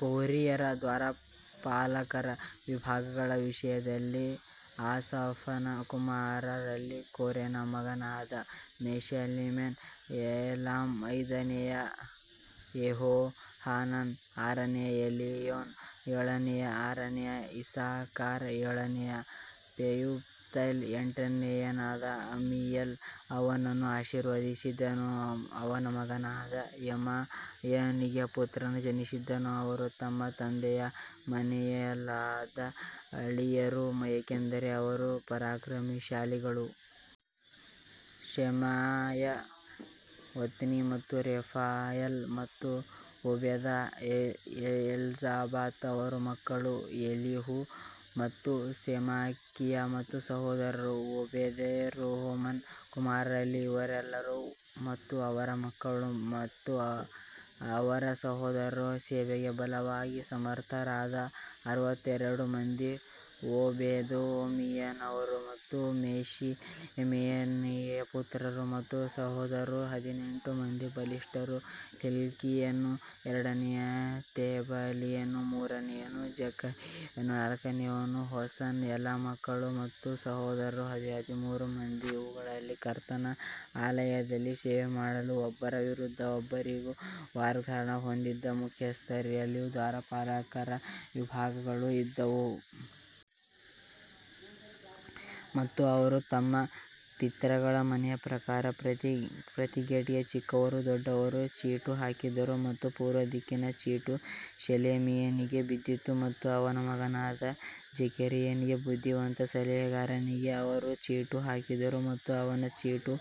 ಕೊರ್ಹಿಯರ ದ್ವಾರಪಾಲಕರ ವಿಭಾಗಗಳ ವಿಷಯದಲ್ಲಿ ಆಸಾಫನ ಕುಮಾರರಲ್ಲಿ ಕೋರೆನ ಮಗನಾದ ಮೆಷೆಲೆಮ್ಯನು. ಏಲಾಮ್ ಐದನೆಯ ಯೆಹೋಹಾನಾನ್ ಆರನೆಯ ಎಲಿಯೋನ್ ಏಳನೆಯವನು ಆರನೆಯ ಇಸ್ಸಾಕಾರ್ ಏಳನೆಯ ಪೆಯುಲ್ತೈ ಎಂಟನೆಯವನಾದ ಅಮ್ಮೀಯೇಲ್ ಅವನನ್ನು ಆಶೀರ್ವದಿಸಿದನು ಅವನ ಮಗನಾದ ಶೆಮಾಯನಿಗೆ ಪುತ್ರರು ಜನಿಸಿದರು, ಅವರು ತಮ್ಮ ತಂದೆಯ ಮನೆಯಲ್ಲೆಲ್ಲಾ ಆಳಿದರು, ಏಕೆಂದರೆ ಅವರು ಪರಾಕ್ರಮಶಾಲಿಗಳು. ಶೆಮಾಯ ಒತ್ನಿ ಮತ್ತು ರೆಫಾಯೇಲ್ ಮತ್ತು ಓಬೇದ್ ಎಲ್ಜಾಬಾದ್ ಅವರ ಮಕ್ಕಳು ಎಲಿಹು ಮತ್ತು ಸೆಮಾಕಿಯಾ ಅವರ ಸಹೋದರರು. ಓಬೇದೆದೋಮನ ಕುಮಾರರಲ್ಲಿ ಇವರೆಲ್ಲರೂ ಮತ್ತು ಅವರ ಮಕ್ಕಳು ಮತ್ತು ಅವರ ಸಹೋದರರು ಸೇವೆಗೆ ಬಲವಾಗಿ ಸಮರ್ಥರಾದ ಅರವತ್ತೆರಡು ಮಂದಿ ಓಬೇದೆದೋಮಿನವರು. ಮತ್ತು ಮೆಷೆಲೆಮಿಯನಿಗೆ ಪುತ್ರರು ಮತ್ತು ಸಹೋದರರು ಹದಿನೆಂಟು ಮಂದಿ ಬಲಿಷ್ಠರು ಹಿಲ್ಕೀಯನು ಎರಡನೆಯ ತೆಬಲೀಯನು ಮೂರನೆಯ ಜಕರೀಯನು ನಾಲ್ಕನೆಯವನು ಹೋಸನ ಎಲ್ಲಾ ಮಕ್ಕಳು ಮತ್ತು ಸಹೋದರರು ಹದಿಮೂರು ಮಂದಿ ಇವುಗಳಲ್ಲಿ ಕರ್ತನ ಆಲಯದಲ್ಲಿ ಸೇವೆಮಾಡಲು ಒಬ್ಬರ ವಿರುದ್ಧ ಒಬ್ಬರಿಗೊಬ್ಬರು ವಾರ್ಡ್ಗಳನ್ನು ಹೊಂದಿದ್ದ ಮುಖ್ಯಸ್ಥರಲ್ಲಿಯೂ ದ್ವಾರಪಾಲಕರ ವಿಭಾಗಗಳು ಇದ್ದವು. ಮತ್ತು ಅವರು ತಮ್ಮ ಪಿತೃಗಳ ಮನೆಯ ಪ್ರಕಾರ ಪ್ರತಿ ಗೇಟ್ಗೆ ಚಿಕ್ಕವರೂ ದೊಡ್ಡವರೂ ಚೀಟು ಹಾಕಿದರು ಮತ್ತು ಪೂರ್ವದಿಕ್ಕಿನ ಚೀಟು ಶೆಲೆಮಿಯನಿಗೆ ಬಿದ್ದಿತು ಮತ್ತು ಅವನ ಮಗನಾದ ಜೆಕರೀಯನಿಗೆ ಬುದ್ಧಿವಂತ ಸಲಹೆಗಾರನಿಗೆ ಅವರು ಚೀಟು ಹಾಕಿದರು ಮತ್ತು ಅವನ ಚೀಟು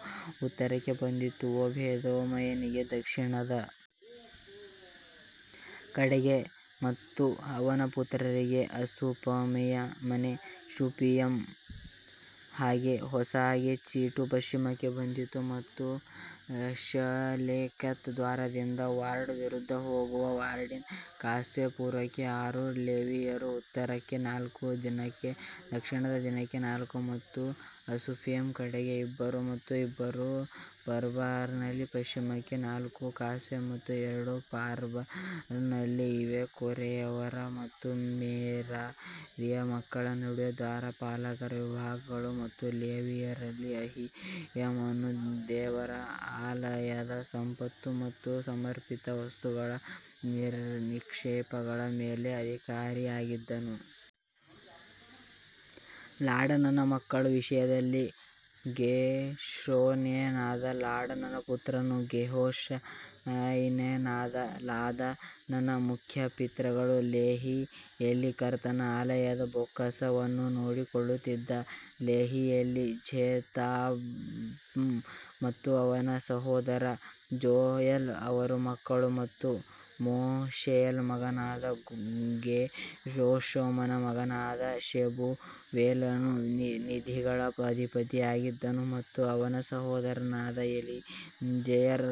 ಉತ್ತರಕ್ಕೆ ಬಂದಿತು. ಓಬೇದೆದೋಮನಿಗೆ ದಕ್ಷಿಣದ ಕಡೆಗೆ ಮತ್ತು ಅವನ ಪುತ್ರರಿಗೆ ಅಸುಪ್ಪೀಮನ ಮನೆ ಶುಪ್ಪೀಮ್ ಮತ್ತು ಹೋಸಾಗೆ ಚೀಟು ಪಶ್ಚಿಮಕ್ಕೆ ಬಂದಿತು ಮತ್ತು ಶಲ್ಲೆಕೆತ್ ದ್ವಾರದಿಂದ ವಾರ್ಡ್ ವಿರುದ್ಧ ಹೋಗುವ ವಾರ್ಡಿನ ಕಾಸ್ವೇ ಪೂರ್ವಕ್ಕೆ ಆರು ಲೇವಿಯರು ಉತ್ತರಕ್ಕೆ ನಾಲ್ಕು ದಿನಕ್ಕೆ ದಕ್ಷಿಣಕ್ಕೆ ದಿನಕ್ಕೆ ನಾಲ್ಕು ಮತ್ತು ಅಸುಪ್ಪಿಮ್ ಕಡೆಗೆ ಇಬ್ಬರು ಮತ್ತು ಇಬ್ಬರು ಪರ್ಬಾರ್ನಲ್ಲಿ ಪಶ್ಚಿಮಕ್ಕೆ ನಾಲ್ಕು ಕಾಸ್ವೇ ಮತ್ತು ಎರಡು ಪರ್ಬಾರ್ನಲ್ಲಿ ಇವೇ ಕೋರೆಯವರ ಮತ್ತು ಮೆರಾರಿಯ ಮಕ್ಕಳ ನಡುವೆ ದ್ವಾರಪಾಲಕರ ವಿಭಾಗಗಳು ಮತ್ತು ಲೇವಿಯರಲ್ಲಿ ಅಹೀಯನು ದೇವರ ಆಲಯದ ಸಂಪತ್ತು ಮತ್ತು ಸಮರ್ಪಿತ ವಸ್ತುಗಳ ನಿಕ್ಷೇಪಗಳ ಮೇಲೆ ಅಧಿಕಾರಿಯಾಗಿದ್ದನು. ಲಾಡನನ ಮಕ್ಕಳ ವಿಷಯದಲ್ಲಿ ಗೇರ್ಷೋನ್ಯನಾದ ಲಾಡನನ ಪುತ್ರರು ಗೇರ್ಷೋನ್ಯನಾದ ಲಾದಾನನ ಮುಖ್ಯ ಪಿತೃಗಳು ಯೆಹಿಯೇಲಿ. ಕರ್ತನ ಆಲಯದ ಬೊಕ್ಕಸವನ್ನು ನೋಡಿಕೊಳ್ಳುತ್ತಿದ್ದ ಯೆಹಿಯೇಲಿ ಝೆತಾಮ್ ಮತ್ತು ಅವನ ಸಹೋದರ ಜೋಯಲ್ ಅವರ ಮಕ್ಕಳು ಮತ್ತು ಮೋಶೆಯ ಮಗನಾದ ಗೇರ್ಷೋಮನ ಮಗನಾದ ಶೆಬೂವೇಲನು ನಿಧಿಗಳ ಅಧಿಪತಿಯಾಗಿದ್ದನು ಮತ್ತು ಅವನ ಸಹೋದರರಾದ ಎಲಿಯೆಜರ್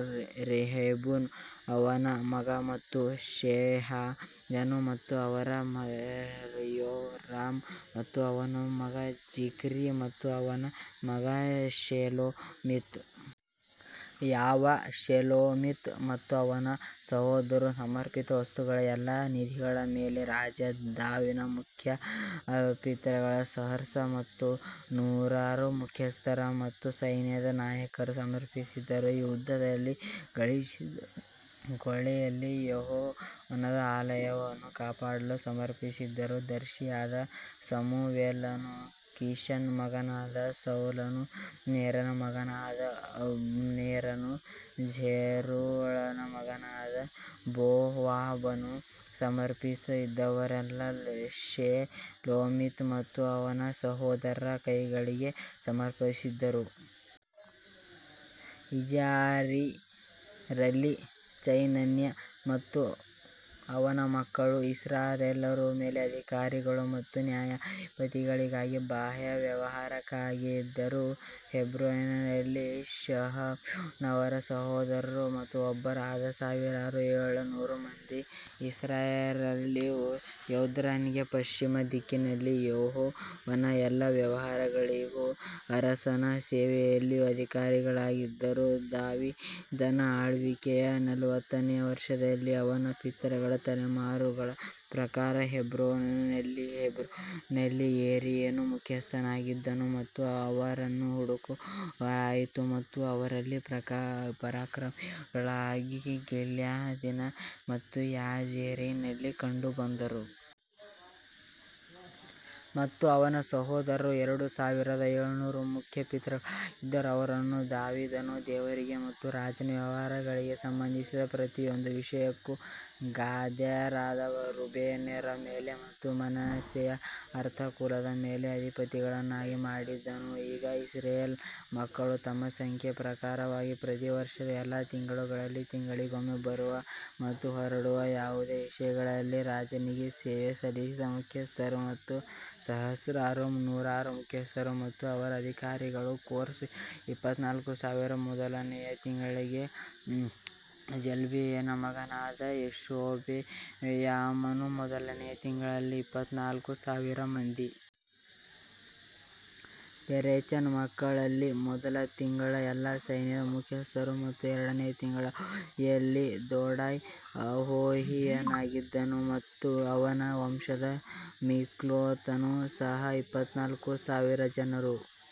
ರೆಹಬ್ಯನು ಅವನ ಮಗ ಮತ್ತು ಯೆಶಾಯನು ಮತ್ತು ಅವನ ಮಗ ಯೋರಾಮ್ ಮತ್ತು ಅವನ ಮಗ ಜಿಕ್ರಿ ಮತ್ತು ಅವನ ಮಗ ಶೆಲೋಮಿತ್. ಯಾವ ಶೆಲೋಮಿತ್ ಮತ್ತು ಅವನ ಸಹೋದರರು ಸಮರ್ಪಿತ ವಸ್ತುಗಳ ಎಲ್ಲಾ ನಿಧಿಗಳ ಮೇಲೆ ರಾಜ ದಾವೀದ ಮತ್ತು ಮುಖ್ಯ ಪಿತೃಗಳು ಸಹಸ್ರ ಮತ್ತು ನೂರರ ಮುಖ್ಯಸ್ಥರು ಮತ್ತು ಸೈನ್ಯದ ನಾಯಕರು ಸಮರ್ಪಿಸಿದರು. ಯುದ್ಧದಲ್ಲಿ ಗಳಿಸಿದ ಕೊಳ್ಳೆಯಲ್ಲಿ ಯೆಹೋವನ ಆಲಯವನ್ನು ಕಾಪಾಡಲು ಸಮರ್ಪಿಸಿದರು ದರ್ಶಿಯಾದ ಸಮುವೇಲನೂ ಕೀಷನ ಮಗನಾದ ಸೌಲನೂ ನೇರನ ಮಗನಾದ ಅಬ್ನೇರನೂ ಝೆರೂಯಳ ಮಗನಾದ ಯೋವಾಬನೂ ಸಮರ್ಪಿಸಿದದ್ದೆಲ್ಲವನ್ನೂ ಶೆಲೋಮಿತ್ ಮತ್ತು ಅವನ ಸಹೋದರರ ಕೈಕೆಳಗೆ ಸಮರ್ಪಿಸಿದರು. ಇಜಾರಿಯರಲ್ಲಿ ಚೆನನ್ಯ ಮತ್ತು ಅವನ ಮಕ್ಕಳು ಇಸ್ರಾಯೇಲ್ಯರ ಮೇಲೆ ಅಧಿಕಾರಿಗಳು ಮತ್ತು ನ್ಯಾಯಾಧಿಪತಿಗಳಿಗಾಗಿ ಬಾಹ್ಯ ವ್ಯವಹಾರಕ್ಕಾಗಿ ಇದ್ದರು ಹೆಬ್ರೋನ್ಯರಲ್ಲಿ ಹಷಬ್ಯನೂ ಅವನ ಸಹೋದರರೂ ಒಬ್ಬರಾದ ಸಾವಿರದ ಏಳುನೂರು ಮಂದಿ ಇಸ್ರಾಯೇಲ್ಯರಲ್ಲಿ ಯೋರ್ದನಿನ ಪಶ್ಚಿಮ ದಿಕ್ಕಿನಲ್ಲಿ ಯೆಹೋವನ ಎಲ್ಲಾ ವ್ಯವಹಾರಗಳಲ್ಲಿಯೂ ಅರಸನ ಸೇವೆಯಲ್ಲಿಯೂ ಅಧಿಕಾರಿಗಳಾಗಿದ್ದರು. ದಾವೀದನ ಆಳ್ವಿಕೆಯ ನಲವತ್ತನೆಯ ವರ್ಷದಲ್ಲಿ ಅವನ ಪಿತೃಗಳ ತಲೆಮಾರುಗಳ ಪ್ರಕಾರ ಹೆಬ್ರೋನ್ಯರಲ್ಲಿ ಹೆಬ್ರೋನ್ಯರಲ್ಲಿ ಯೆರೀಯನು ಮುಖ್ಯಸ್ಥನಾಗಿದ್ದನು ಮತ್ತು ಅವರನ್ನು ಹುಡುಕಲಾಯಿತು ಮತ್ತು ಅವರಲ್ಲಿ ಪರಾಕ್ರಮಶಾಲಿಗಳು ಗಿಲ್ಯಾದಿನ ಯಾಜೇರಿನಲ್ಲಿ ಕಂಡುಬಂದರು. ಮತ್ತು ಅವನ ಸಹೋದರರು ಎರಡು ಸಾವಿರದ ಏಳುನೂರು ಮುಖ್ಯ ಪಿತೃಗಳಾಗಿದ್ದರು, ಅವರನ್ನು ದಾವೀದನು ದೇವರಿಗೆ ಮತ್ತು ರಾಜನ ವ್ಯವಹಾರಗಳಿಗೆ ಸಂಬಂಧಿಸಿದ ಪ್ರತಿಯೊಂದು ವಿಷಯಕ್ಕೂ ಗಾದ್ಯರಾದ ರೂಬೇನ್ಯರ ಮೇಲೆ ಮತ್ತು ಮನಸ್ಸೆಯ ಅರ್ಧ ಕುಲದ ಮೇಲೆ ಅಧಿಪತಿಗಳನ್ನಾಗಿ ಮಾಡಿದನು. ಈಗ ಇಸ್ರಾಯೇಲ್ ಮಕ್ಕಳು ತಮ್ಮ ಸಂಖ್ಯೆಯ ಪ್ರಕಾರವಾಗಿ ಪ್ರತಿ ವರ್ಷದ ಎಲ್ಲಾ ತಿಂಗಳುಗಳಲ್ಲಿ ತಿಂಗಳಿಗೊಮ್ಮೆ ಬರುವ ಮತ್ತು ಹೊರಡುವ ಯಾವುದೇ ವಿಷಯಗಳಲ್ಲಿ ರಾಜನಿಗೆ ಸೇವೆ ಸಲ್ಲಿಸಿದ ಮುಖ್ಯಸ್ಥರು ಮತ್ತು ಸಹಸ್ರಾರು ಮತ್ತು ನೂರರ ಮುಖ್ಯಸ್ಥರು ಮತ್ತು ಅವರ ಅಧಿಕಾರಿಗಳು ಕೋರ್ಸ್ ಇಪ್ಪತ್ತನಾಲ್ಕು ಸಾವಿರ ಮೊದಲನೆಯ ತಿಂಗಳಿಗೆ ಜಬ್ದಿಯೇಲನ ಮಗನಾದ ಯಶೋಬೆಯಾಮನು ಮೊದಲನೆಯ ತಿಂಗಳಿನಲ್ಲಿ ಇಪ್ಪತ್ತನಾಲ್ಕು ಸಾವಿರ ಮಂದಿ. ಪೆರೆಚನ ಮಕ್ಕಳಲ್ಲಿ ಮೊದಲ ತಿಂಗಳ ಎಲ್ಲಾ ಸೈನ್ಯದ ಮುಖ್ಯಸ್ಥರು ಮತ್ತು ಎರಡನೆಯ ತಿಂಗಳ ಅವಧಿಯಲ್ಲಿ ದೊಡೈ ಅಹೋಹಿಯನಾಗಿದ್ದನು ಮತ್ತು ಅವನ ವಂಶದ ಮಿಕ್ಲೋತನು ಸಹ ಇಪ್ಪತ್ನಾಲ್ಕು ಸಾವಿರ ಜನರು.